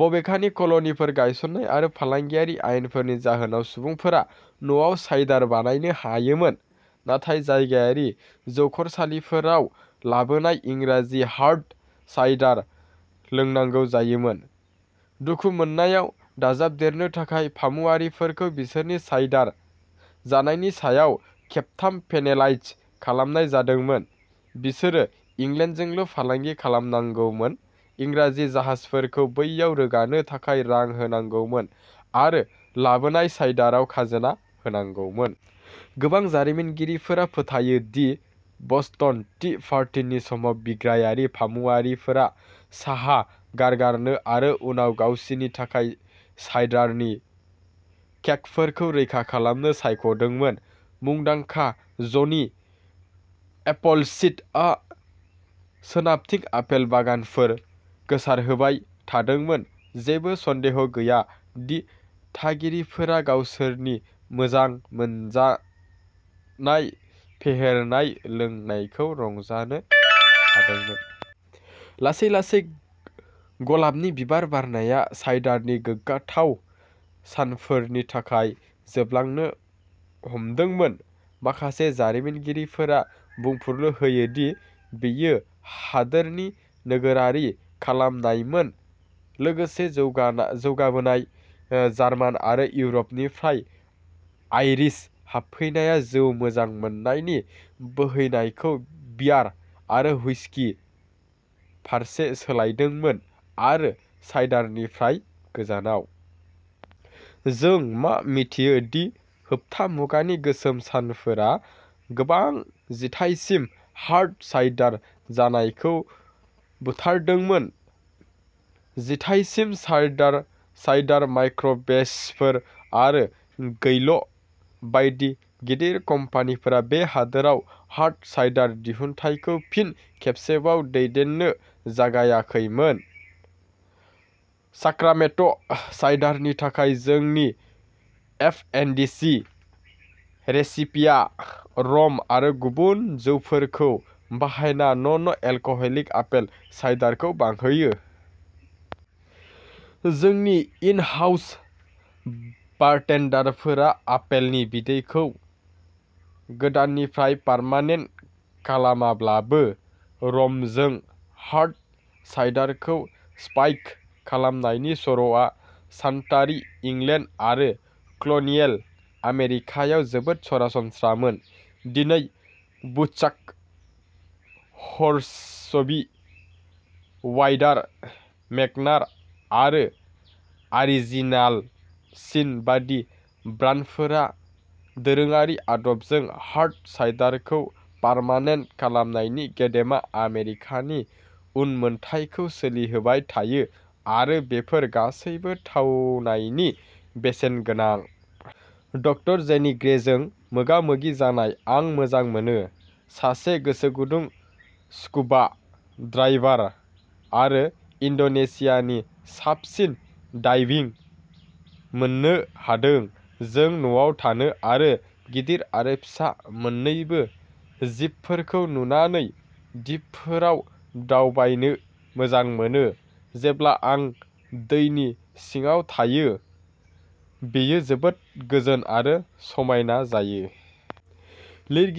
बबेखानि, कल'निफोर गायसन्नाय आरो फालांगियारि आयेनफोरनि जाहोनाव, सुबुंफोरा न'आव साइडार बानायनो हायोमोन, नाथाय जायगायारि जौखरसालिफोराव लाबोनाय इंराजि हार्ड साइडार लोंनांगौ जायोमोन। दुखु मोननायाव दाजाबदेरनो थाखाय, फामुआरिफोरखौ बिसोरनि साइडार जानायनि सायाव खेबथाम-पेनेलाइज खालामनाय जादोंमोनः बिसोरो इंलेन्डजोंल'फालांगि खालामनांगौमोन, इंराजि जाहाजफोरखौ बैयाव रोगानो थाखाय रां होनांगौमोन, आरो लाबोनाय साइडाराव खाजोना होनांगौमोन। गोबां जारिमिनगिरिफोरा फोथायो दि बस्टन टी पार्टिनि समाव, बिग्रायारि फामुआरिफोरा साहा गारगारनो आरो उनाव गावसिनि थाखाय साइडारनि केगफोरखौ रैखा खालामनो सायख'दोंमोन। मुंदांखा जनि एपलसीडआ सोनाबथिं आपेल बागानफोर गोसारहोबाय थादोंमोन, जेबो सन्देह गैया दि थागिरिफोरा गावसोरनि मोजां मोनजानाय फेहेरजानाय लोंनायखौ रंजानो हायोमोन। लासै-लासै, गलाबनि बिबार बारनाया साइडारनि गोग्गाथाव सानफोरनि थाखाय जोबलांनो हमदोंमोन। माखासे जारिमिनगिरिफोरा बुंफुरलु होयो दि बेयो हादोरनि नोगोरारि खालामनायमोन, लोगोसे जौगाबोनाय जार्मान आरो इउर'पनिफ्राय आइरिश हाबफैनाया जौ मोजां मोननायनि बोहैनायखौ बियार आरो हुइस्कि फारसे सोलायदोंमोन, आरो साइडारनिफ्राय गोजानाव। जों मा मिथियो दि होबथा मुगानि गोसोम सानफोरा गोबां जिथायसिम हार्ड साइडार जानायखौ बुथारदोंमोन। जिथाइसिम साइडार माइक्र'बेचफोर आरो गैल'बायदि गिदिर कम्पानिफोरा बे हादोराव हार्ड साइडार दिहुनथायखौ फिन खेबसेबाव दैदेननो जागायाखैमोन। साक्रामेन्टो साइडारनि थाखाय जोंनि एफएनडिसि रेसिपिया रम आरो गुबुन जौफोरखौ बाहायना नन-एलकहलिक आपेल साइडारखौ बांहोयो। जोंनि इन-हाउस बारटेन्डारफोरा आपेलनि बिदैखौ गोदाननिफ्राय फार्मेन्ट खालामाब्लाबो, रमजों हार्ड साइडारखौ स्पाइक खालामनायनि सर'आ सामन्तारि इंलेन्ड आरो कल'नियेल आमेरिकायाव जोबोद सरासनस्रामोन। दिनै, वुडचाक, हर्नसबि, वाइडार, मेग्नार आरो अरिजिनाल सिन बायदि ब्रान्डफोरा दोरोङारि आदबजों हार्ड साइडारखौ फार्मेन्ट खालामनायनि गेदेमा आमेरिकानि उनमोनथाइखौ सोलिहोबाय थायो, आरो बेफोर गासैबो थावनायनि बेसेन गोनां। ड. जेनी ग्रेजों मोगा-मोगि जानायः "आं मोजां मोनो। सासे गोसोगुदुं स्कुबा डाइभार आरो इन्ड'नेसियानि साबसिन डाइभिं मोननो हादों। जों नावाव थानो आरो गिदिर आरो फिसा मोन्नैबो जिबफोरखौ नुनानै दिपफोराव दावबायनो मोजां मोनो। जेब्ला आं दैनि सिङाव थायो, बेयो जोबोद गोजोन आरो समायना जायो।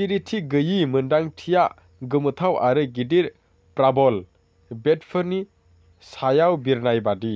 गिलिरथि गैयै मोन्दांथिया गोमोथाव आरो गिदिर प्रबाल बेडफोरनि सायाव बिरनाय बायदि।